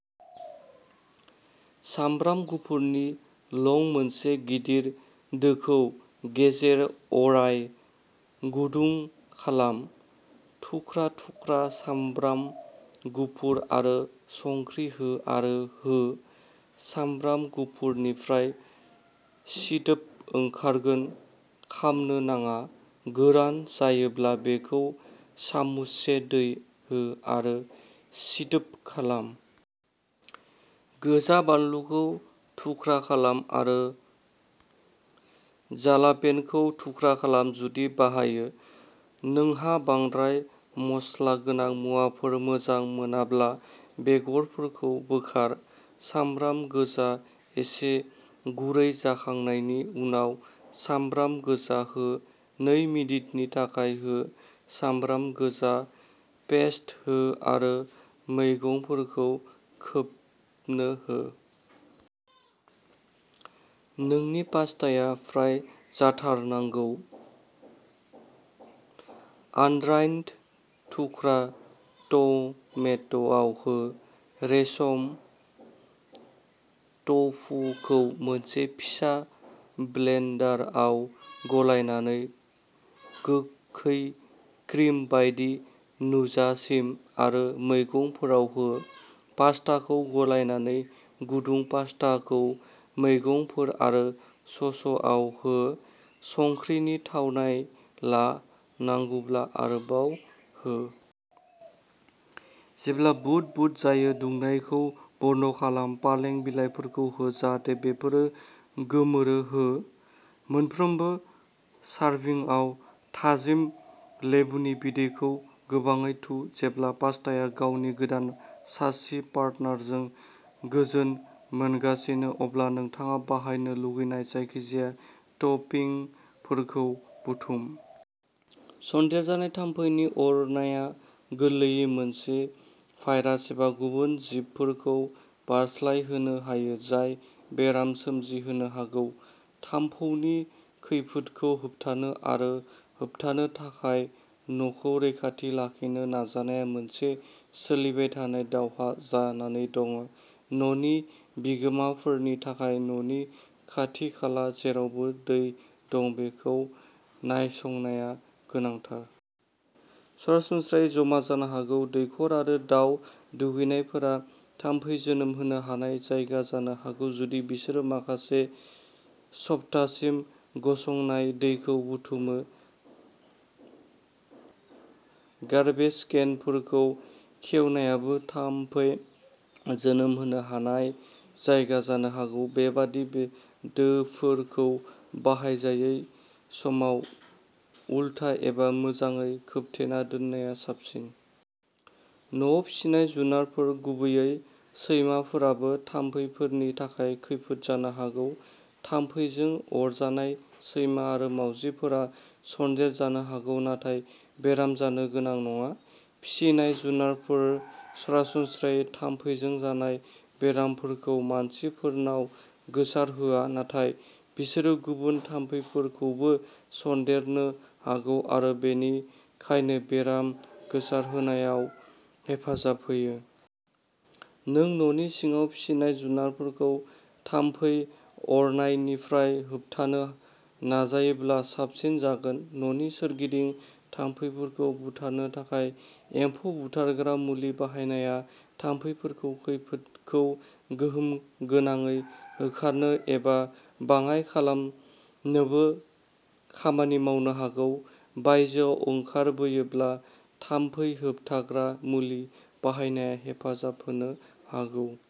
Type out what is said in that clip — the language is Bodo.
सामब्राम गुफुरनि लं मोनसे गिदिर दोखौ गेजेर अराव गुदुं खालाम, थुख्रा थुख्रा सामब्राम गुफुर आरो संख्रि हो आरो हो। सामब्राम गुफुरनिफ्राय सिदोब ओंखारगोन खामनो नाङा। गोरान जायोब्ला दैखौ सामुससे दै हो आरो सिदोब खालाम। गोजा बानलुखौ थुख्रा खालाम आरो जालापेन'खौ थुख्रा खालाम, जुदि बाहायो। नोंहा बांद्राय मस्ला गोनां मुवाफोर मोजां मोनाब्ला बेगरफोरखौ बोखार! सामब्राम गोजा एसे गुरै जाखांनायनि उनाव, सामब्राम गोजा हो। नै मिनिटनि थाखाय हो। सामब्राम गोजा पेस्त हो आरो मैगंफोरखौ खोबनो हो। नोंनि पास्ताआ फ्राय जाथारनांगौ। आनद्राइन्ड थुख्रा टमेट'आव हो। रेसम टफुखौ मोनसे फिसा ब्लेन्डाराव गलायनानै गोखै क्रिम बायदि नुजासिम, आरो मैगंफोराव हो। पास्ताखौ गलायनानै गुदुं पास्ताखौ मैगंफोर आरो ससआव हो। संख्रिनि थावनाय ला, नांगौब्ला आरोबाव हो। जेब्ला बुद बुद जायो, दुंनायखौ बन्द खालाम, पालें बिलाइफोरखौ हो जाहाथे बेफोर गोमोरो, हो। मोनफ्रोमबो सारभिंआव थाजिम लेबुनि बिदैखौ गोबाङै थु। जेब्ला पास्ताआ गावनि गोदान सासि पार्टनारजों गोजोन मोनगासिनो, अब्ला नोंथाङा बाहायनो लुबैनाय जायखिजाया टपिंफोरखौ बुथुम। सन्देरजानाय थाम्फैनि अरनाया गोरलैयै मोनसे भाइरास एबा गुबुन जिबफोरखौ बारस्लायहोनो हायो जाय बेराम सोमजिहोनो हागौ। थाम्फैनि खैफोदखौ होबथानो आरो होबथानो थाखाय न'खौ रैखाथि लाखिनो नाजानाया मोनसे सोलिबाय थानाय दावहा जानानै दं। न'नि बिगोमाफोरनि थाखाय न'नि खाथि-खाला जेरावबो दै दं बेखौ नायसंनाया गोनांथार। सरासनस्रायै जमा जानो हागौ। दैखर आरो दाउ दुगैनायफोरा थाम्फै जोनोम होनो हानाय जायगा जानो हागौ जुदि बिसोर माखासे सप्तासिम गसंनाय दैखौ बुथुमो। गार्बेज केनफोरखौ खेवनायाबो थाम्फै जोनोम होनो हानाय जायगा जानो हागौ। बेबादि दोफोरखौ बाहायजायै समाव उलथा एबा मोजाङै खोबथेना दोननाया साबसिन। न'आव फिसिनाय जुनारफोर, गुबैयै सैमाफोराबो थाम्फैफोरनि थाखाय खैफोद जानो हागौ थाम्फैजों अरजानाय सैमा आरो मावजिफोरा सन्देरजानो हागौ नाथाय बेराम जानो गोनां नङा। फिसिनाय जुनारफोरा सरासनस्रायै थाम्फैजों जानाय बेरामफोरखौ मानसिफोरनाव गोसारहोआ नाथाय बिसोरो गुबुन थाम्फैफोरखौबो सनदेरनो हागौ आरो बेनिखायनो बेराम गोसारहोनायाव हेफाजाब होयो। नों न'नि सिङाव फिसिनाय जुनारफोरखौ थाम्फै अरनायनिफ्राय होबथानो नाजायोब्ला साबसिन जागोन। न'नि सोरगिदिं थाम्फैफोरखौ बुथारनो थाखाय एम्फौ बुथारग्रा मुलि बाहायनाया थाम्फैफोरनि खैफोदखौ गोहोम गोनाङै होखारनो एबा बाङाइ खालामनोबो खामानि मावनो हागौ। बायजोआव ओंखारबोयोब्ला थाम्फै होबथाग्रा मुलि बाहायनाया हेफाजाब होनो हागौ।